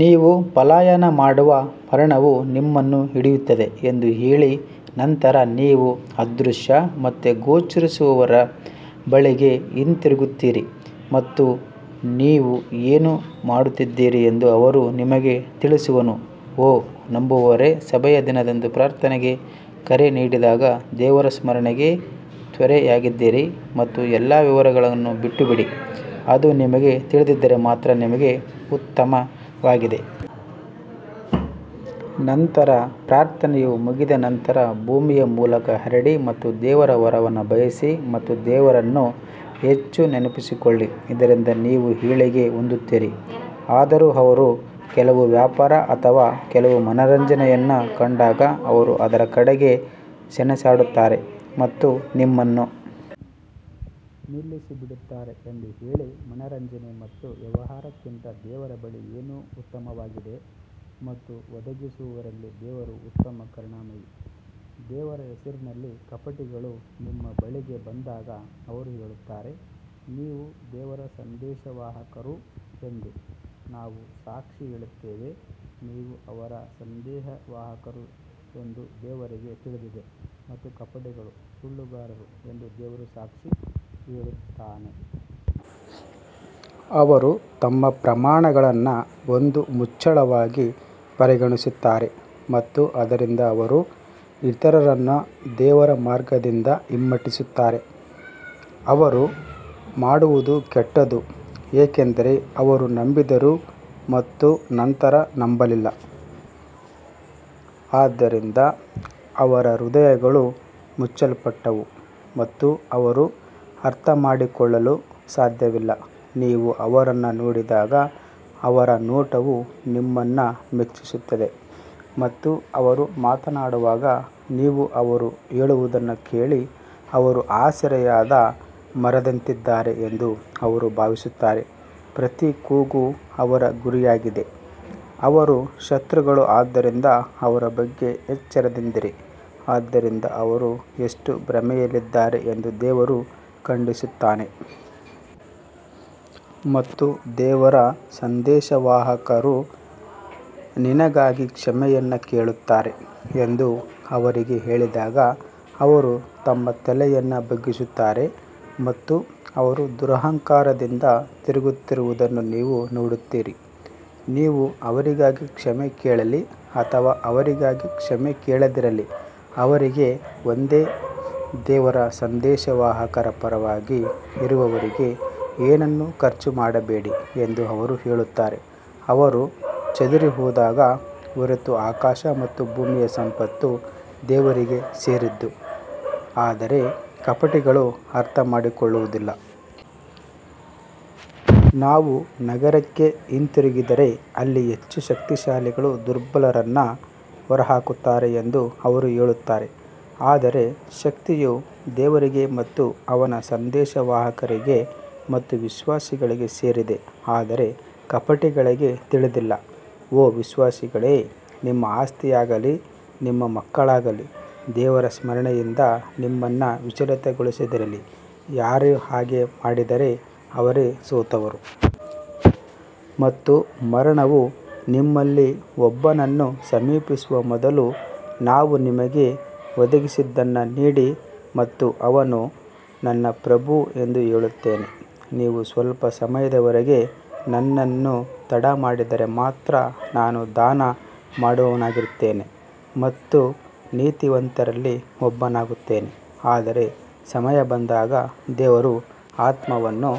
ನೀವು ಪಲಾಯನ ಮಾಡುವ ಮರಣವು ನಿಮ್ಮನ್ನು ಹಿಡಿಯುತ್ತದೆ ಎಂದು ಹೇಳಿ ನಂತರ ನೀವು ಅದೃಶ್ಯ ಮತ್ತು ಗೋಚರಿಸುವವರ ಬಳಿಗೆ ಹಿಂತಿರುಗುತ್ತೀರಿ ಮತ್ತು ನೀವು ಏನು ಮಾಡುತ್ತಿದ್ದೀರಿ ಎಂದು ಅವನು ನಿಮಗೆ ತಿಳಿಸುವನು. ಓ ನಂಬುವವರೇ, ಸಭೆಯ ದಿನದಂದು ಪ್ರಾರ್ಥನೆಗೆ ಕರೆ ನೀಡಿದಾಗ ದೇವರ ಸ್ಮರಣೆಗೆ ತ್ವರೆಯಾಗಿರಿ ಮತ್ತು ಎಲ್ಲಾ ವ್ಯವಹಾರಗಳನ್ನು ಬಿಟ್ಟುಬಿಡಿ, ಅದು ನಿಮಗೆ ತಿಳಿದಿದ್ದರೆ ಮಾತ್ರ ನಿಮಗೆ ಉತ್ತಮವಾಗಿದೆ. ನಂತರ ಪ್ರಾರ್ಥನೆಯು ಮುಗಿದ ನಂತರ ಭೂಮಿಯ ಮೂಲಕ ಹರಡಿ ಮತ್ತು ದೇವರ ವರವನ್ನು ಬಯಸಿ ಮತ್ತು ದೇವರನ್ನು ಹೆಚ್ಚು ನೆನಪಿಸಿಕೊಳ್ಳಿ ಇದರಿಂದ ನೀವು ಏಳಿಗೆ ಹೊಂದುತ್ತೀರಿ. ಆದರೂ ಅವರು ಕೆಲವು ವ್ಯಾಪಾರ ಅಥವಾ ಕೆಲವು ಮನರಂಜನೆಯನ್ನು ಕಂಡಾಗ ಅವರು ಅದರ ಕಡೆಗೆ ಸೆಣಸಾಡುತ್ತಾರೆ ಮತ್ತು ನಿಮ್ಮನ್ನು ನಿಲ್ಲಿಸಿ ಬಿಡುತ್ತಾರೆ ಎಂದು ಹೇಳಿ ಮನರಂಜನೆ ಮತ್ತು ವ್ಯವಹಾರಕ್ಕಿಂತ ದೇವರ ಬಳಿ ಏನು ಉತ್ತಮವಾಗಿದೆ ಮತ್ತು ಒದಗಿಸುವವರಲ್ಲಿ ದೇವರು ಉತ್ತಮ ಕರುಣಾಮಯಿ ದೇವರ ಹೆಸರಿನಲ್ಲಿ ಕಪಟಿಗಳು ನಿಮ್ಮ ಬಳಿಗೆ ಬಂದಾಗ ಅವರು ಹೇಳುತ್ತಾರೆ, ನೀವು ದೇವರ ಸಂದೇಶವಾಹಕರು ಎಂದು ನಾವು ಸಾಕ್ಷಿ ಹೇಳುತ್ತೇವೆ, ನೀವು ಅವನ ಸಂದೇಶವಾಹಕರು ಎಂದು ದೇವರಿಗೆ ತಿಳಿದಿದೆ ಮತ್ತು ಕಪಟಿಗಳು ಸುಳ್ಳುಗಾರರು ಎಂದು ದೇವರು ಸಾಕ್ಷಿ ಹೇಳುತ್ತಾನೆ. ಅವರು ತಮ್ಮ ಪ್ರಮಾಣಗಳನ್ನು ಒಂದು ಮುಚ್ಚಳವಾಗಿ ಪರಿಗಣಿಸುತ್ತಾರೆ ಮತ್ತು ಆದ್ದರಿಂದ ಅವರು ಇತರರನ್ನು ದೇವರ ಮಾರ್ಗದಿಂದ ಹಿಮ್ಮೆಟ್ಟಿಸುತ್ತಾರೆ, ಅವರು ಮಾಡುವದು ಕೆಟ್ಟದು ಏಕೆಂದರೆ ಅವರು ನಂಬಿದ್ದರು ಮತ್ತು ನಂತರ ನಂಬಲಿಲ್ಲ, ಆದ್ದರಿಂದ ಅವರ ಹೃದಯಗಳು ಮುಚ್ಚಲ್ಪಟ್ಟವು ಮತ್ತು ಅವರು ಅರ್ಥಮಾಡಿಕೊಳ್ಳಲು ಸಾಧ್ಯವಿಲ್ಲ ನೀವು ಅವರನ್ನು ನೋಡಿದಾಗ ಅವರ ನೋಟವು ನಿಮ್ಮನ್ನು ಮೆಚ್ಚಿಸುತ್ತದೆ ಮತ್ತು ಅವರು ಮಾತನಾಡುವಾಗ ನೀವು ಅವರು ಹೇಳುವದನ್ನು ಕೇಳಿ ಅವರು ಆಸರೆಯಾದ ಮರದಂತಿದ್ದಾರೆ ಎಂದು ಅವರು ಭಾವಿಸುತ್ತಾರೆ ಪ್ರತಿ ಕೂಗು ಅವರ ಗುರಿಯಾಗಿದೆ ಅವರು ಶತ್ರುಗಳು ಆದ್ದರಿಂದ ಅವರ ಬಗ್ಗೆ ಎಚ್ಚರದಿಂದಿರಿ ಆದ್ದರಿಂದ ಅವರು ಎಷ್ಟು ಭ್ರಮೆಯಲ್ಲಿದ್ದಾರೆ ಎಂದು ದೇವರು ಖಂಡಿಸುತ್ತಾನೆ. ಮತ್ತು ದೇವರ ಸಂದೇಶವಾಹಕರು ನಿನಗಾಗಿ ಕ್ಷಮೆಯನ್ನು ಕೇಳುತ್ತಾರೆ ಎಂದು ಅವರಿಗೆ ಹೇಳಿದಾಗ ಅವರು ತಮ್ಮ ತಲೆಯನ್ನು ಬಗ್ಗಿಸುತ್ತಾರೆ ಮತ್ತು ಅವರು ದುರಹಂಕಾರದಿಂದ ತಿರುಗುತ್ತಿರುವುದನ್ನು ನೀವು ನೋಡುತ್ತೀರಿ. ನೀವು ಅವರಿಗಾಗಿ ಕ್ಷಮೆ ಕೇಳಲಿ ಅಥವಾ ಅವರಿಗಾಗಿ ಕ್ಷಮೆ ಕೇಳದಿರಲಿ ಅವರಿಗೆ ಒಂದೇ ದೇವರ ಸಂದೇಶವಾಹಕರ ಪರವಾಗಿ ಇರುವವರಿಗೆ ಏನನ್ನೂ ಖರ್ಚು ಮಾಡಬೇಡಿ ಎಂದು ಅವರು ಹೇಳುತ್ತಾರೆ, ಅವರು ಚದುರಿಹೋಗದ ಹೊರತು ಆಕಾಶ ಮತ್ತು ಭೂಮಿಯ ಸಂಪತ್ತು ದೇವರಿಗೆ ಸೇರಿದ್ದು ಆದರೆ ಕಪಟಿಗಳು ಅರ್ಥಮಾಡಿಕೊಳ್ಳುವುದಿಲ್ಲ. ನಾವು ನಗರಕ್ಕೆ ಹಿಂತಿರುಗಿದರೆ ಅಲ್ಲಿ ಹೆಚ್ಚು ಶಕ್ತಿಶಾಲಿಗಳು ದುರ್ಬಲರನ್ನು ಹೊರಹಾಕುತ್ತಾರೆ ಎಂದು ಅವರು ಹೇಳುತ್ತಾರೆ ಆದರೆ ಶಕ್ತಿಯು ದೇವರಿಗೆ ಮತ್ತು ಅವನ ಸಂದೇಶವಾಹಕರಿಗೆ ಮತ್ತು ವಿಶ್ವಾಸಿಗಳಿಗೆ ಸೇರಿದೆ ಆದರೆ ಕಪಟಿಗಳಿಗೆ ತಿಳಿದಿಲ್ಲ. ಓ ವಿಶ್ವಾಸಿಗಳೇ, ನಿಮ್ಮ ಆಸ್ತಿಯಾಗಲಿ, ನಿಮ್ಮ ಮಕ್ಕಳಾಗಲಿ ದೇವರ ಸ್ಮರಣೆಯಿಂದ ನಿಮ್ಮನ್ನು ವಿಚಲಿತಗೊಳಿಸದಿರಲಿ, ಯಾರು ಹಾಗೆ ಮಾಡಿದರೆ ಅವರೇ ಸೋತವರು. ಮತ್ತು ಮರಣವು ನಿಮ್ಮಲ್ಲಿ ಒಬ್ಬನನ್ನು ಸಮೀಪಿಸುವ ಮೊದಲು ನಾವು ನಿಮಗೆ ಒದಗಿಸಿದ್ದನ್ನು ನೀಡಿ ಮತ್ತು ಅವನು ನನ್ನ ಪ್ರಭು ಎಂದು ಹೇಳುತ್ತಾನೆ, ನೀವು ಸ್ವಲ್ಪ ಸಮಯದವರೆಗೆ ನನ್ನನ್ನು ತಡಮಾಡಿದರೆ ಮಾತ್ರ ನಾನು ದಾನ ಮಾಡುವವನಾಗಿರುತ್ತೇನೆ ಮತ್ತು ನೀತಿವಂತರಲ್ಲಿ ಒಬ್ಬನಾಗುತ್ತೇನೆ. ಆದರೆ ಸಮಯ ಬಂದಾಗ ದೇವರು ಆತ್ಮವನ್ನು